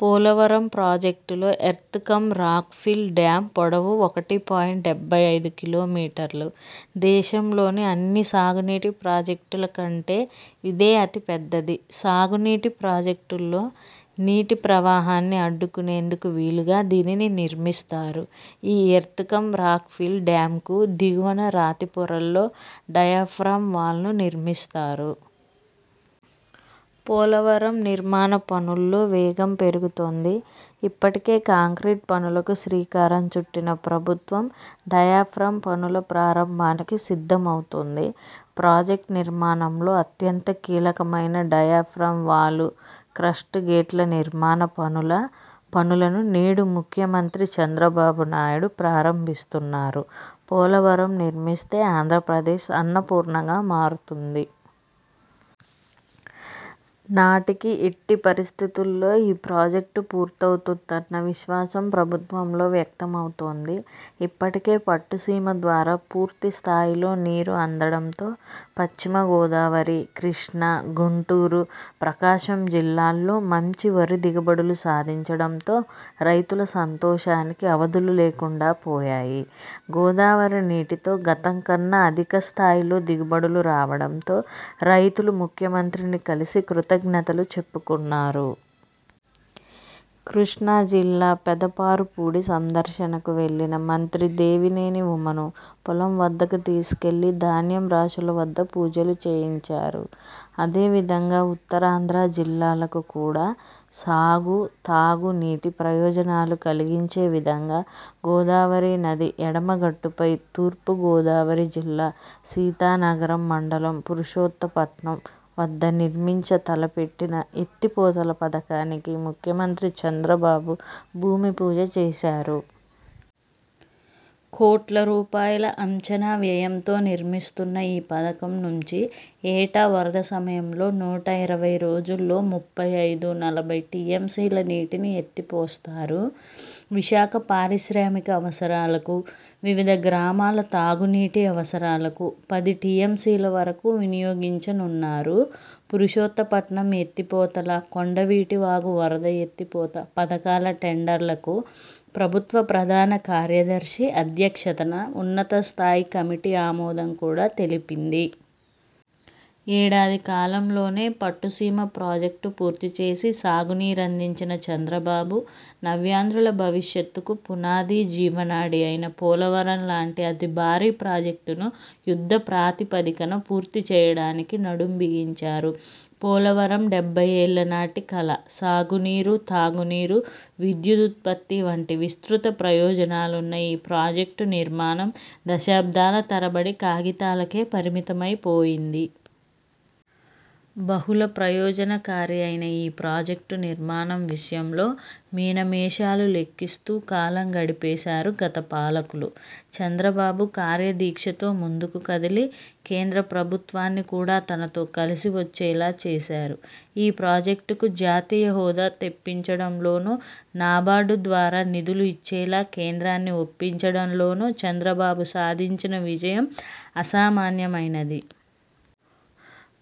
పోలవరం ప్రాజెక్టులో earth cum rock fill dam పొడవు ఒకటి పాయింట్ డెబ్బై ఐదు కిలోమీటర్లు దేశంలోని అన్ని సాగునీటి ప్రాజెక్టుల కంటే ఇదే అతి పెద్దది. సాగునీటి ప్రాజెక్టుల్లో నీటి ప్రవాహాన్ని అడ్డుకునేందుకు వీలుగా దీనిని నిర్మిస్తారు. ఈ ఎర్త్ కమ్ రాక్ఫిల్ డ్యామ్కు దిగువన రాతి పొరల్లో డయాఫ్రాం వాల్ను నిర్మిస్తారు. పోలవరం నిర్మాణ పనుల్లో వేగం పెరుగుతోంది. ఇప్పటికే కాంక్రీట్ పనులకు శ్రీకారం చుట్టిన ప్రభుత్వం డయాఫ్రాం పనుల ప్రారంభానికి సిద్ధమవుతోంది. ప్రాజెక్టు నిర్మాణంలో అత్యంత కీలకమైన డయాఫ్రాంవాల్, క్రస్ట్ గేట్ల నిర్మాణ పనుల పనులను నేడు ముఖ్యమంత్రి చంద్రబాబు నాయుడు ప్రారంభిస్తున్నారు. పోలవరం నిర్మిస్తే ఆంధ్రప్రదేశ్ అన్నపూర్ణగా మారుతుంది. నాటికి ఎట్టి పరిస్థితుల్లో ఈ ప్రాజెక్టు పూర్తవుతుందన్న విశ్వాసం ప్రభుత్వంలో వ్యక్తమవుతోంది. ఇప్పటికే పట్టు సీమ ద్వారా పూర్తిస్థాయిలో నీరు అందడంతో, పశ్చిమ గోదావరి, కృష్ణా, గుంటూరు, ప్రకాశం జిల్లాల్లో మంచి వరి దిగుబడులు సాధించడంతో రైతుల సంతోషానికి అవధులు లేకుండా పోయాయి. గోదావరి నీటితో గతంకన్నా అధిక స్థాయిలో దిగుబడులు రావడంతో రైతులు ముఖ్యమంత్రిని కలిసి కృతజ్ఞతలు చెప్పుకున్నారు. కృష్ణాజిల్లా పెదపారుపూడి సందర్శనకు వెళ్లిన మంత్రి దేవినేని ఉమను పొలం వద్దకు తీసుకెళ్లి ధాన్యం రాశుల వద్ద పూజలు చేయించారు. అదే విధంగా ఉత్తరాంధ్ర జిల్లాలకు కూడా సాగు, తాగునీటి ప్రయోజనాలు కలిగించే విధంగా గోదావరి నది ఎడమ గట్టుపై తూర్పుగోదావరి జిల్లా సీతానగరం మండలం పురుషోత్తపట్నం వద్ద నిర్మించ తలపెట్టిన ఎత్తిపోతల పథకానికి ముఖ్యమంత్రి చంద్రబాబు భూమి పూజ చేశారు. కోట్ల రూపాయల అంచనా వ్యయంతో నిర్మిస్తున్న ఈ పథకం నుంచి ఏటా వరద సమయంలో నూట ఇరవై రోజుల్లో ముప్పై ఐదు, నలభై టీఎంసీల నీటిని ఎత్తిపోస్తారు విశాఖ పారిశ్రామిక అవసరాలకు, వివిధ గ్రామాల తాగునీటి అవసరాలకు పది టీఎంసీల వరకు వినియోగించనున్నారు పురుషోత్త పట్నం ఎత్తిపోతల, కొండవీటి వాగు వరద ఎత్తి పోత పథకాల టెండర్లకు ప్రభుత్వ ప్రధాన కార్యదర్శి అధ్యక్షతన ఉన్నతస్థాయి కమిటీ ఆమోదం కూడా తెలిపింది. ఏడాది కాలంలోనే పట్టు సీమ ప్రాజెక్టు పూర్తిచేసి సాగు నీరందించిన చంద్రబాబు, నవ్యాంధ్రుల భవిషత్తుకు పునాది, జీవనాడి అయిన పోలవరం లాంటి అతి భారీ ప్రాజెక్టును యుద్ధ ప్రాతిపదికన పూర్తి చేయడానికి నడుం బిగించారు. పోలవరం డెబ్బైఏళ్ల నాటి కల సాగునీరు, తాగునీరు, విద్యుదుత్పత్తి వంటి విస్తృత ప్రయోజనాలున్న ఈ ప్రాజెక్టు నిర్మాణం దశాబ్దాల తరబడి కాగితాలకే పరిమితమైపోయింది. బహుళ ప్రయోజనకారి అయిన ఈ ప్రాజెక్టు నిర్మాణం విషయంలో మీనమేషాలు లెక్కిస్తూ కాలం గడిపేశారు గత పాలకులు. చంద్రబాబు కార్యదీక్షతో ముందుకు కదిలి కేంద్ర ప్రభుత్వాన్ని కూడా తనతో కలసి వచ్చేలా చేశారు. ఈ ప్రాజెక్టుకు జాతీయ హోదా తెప్పించడంలోనూ, నాబార్డ్ ద్వారా నిధులు ఇచ్చేలా కేంద్రాన్ని ఒప్పించడంలోనూ చంద్రబాబు సాధించిన విజయం అసామాన్యమైనది.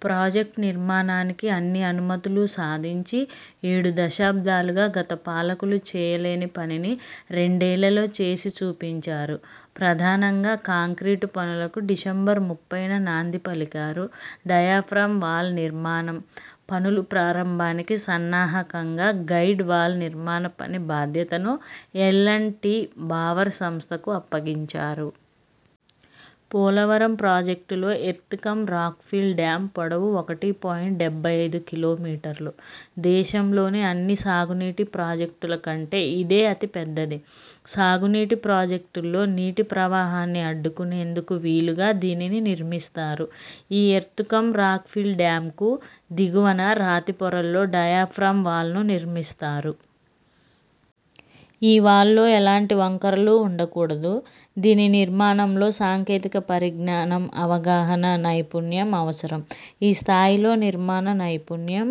ప్రాజెక్టు నిర్మాణానికి అన్ని అనుమతులూ సాధించి, ఏడు దశాబ్దాలుగా గత పాలకులు చేయలేని పనిని రెండేళ్లలో చేసి చూపించారు. ప్రధానంగా కాంక్రీట్ పనులకు డిసెంబరు ముప్పైన నాంది పలికారు డయాఫ్రాం వాల్ నిర్మాణం పనుల ప్రారంభానికి సన్నాహకంగా గైడ్ వాల్ నిర్మాణ పని బాధ్యతను ఎల్ అండ్ టీ బావర్ సంస్థకు అప్పగించారు. పోలవరం ప్రాజెక్టులో earth cum rock fill dam పొడవు ఒకటి పాయింట్ డెబ్బై ఐదు కిలోమీటర్లు. దేశంలోని అన్ని సాగునీటి ప్రాజెక్టుల కంటే ఇదే అతి పెద్దది. సాగునీటి ప్రాజెక్టుల్లో నీటి ప్రవాహాన్ని అడ్డుకునేందుకు వీలుగా దీనిని నిర్మిస్తారు. ఈ ఎర్త్ కమ్ రాక్ ఫిల్ డ్యామ్కు దిగువన రాతి పొరల్లో డయాఫ్రాం వాల్ను నిర్మిస్తారు. ఈ వాల్లో ఎలాంటి వంకరలూ ఉండకూడదు. దీని నిర్మాణంలో సాంకేతిక పరిజ్ఞానం, అవగాహన, నైపుణ్యం అవసరం. ఈ స్థాయిలో నిర్మాణ నైపుణ్యం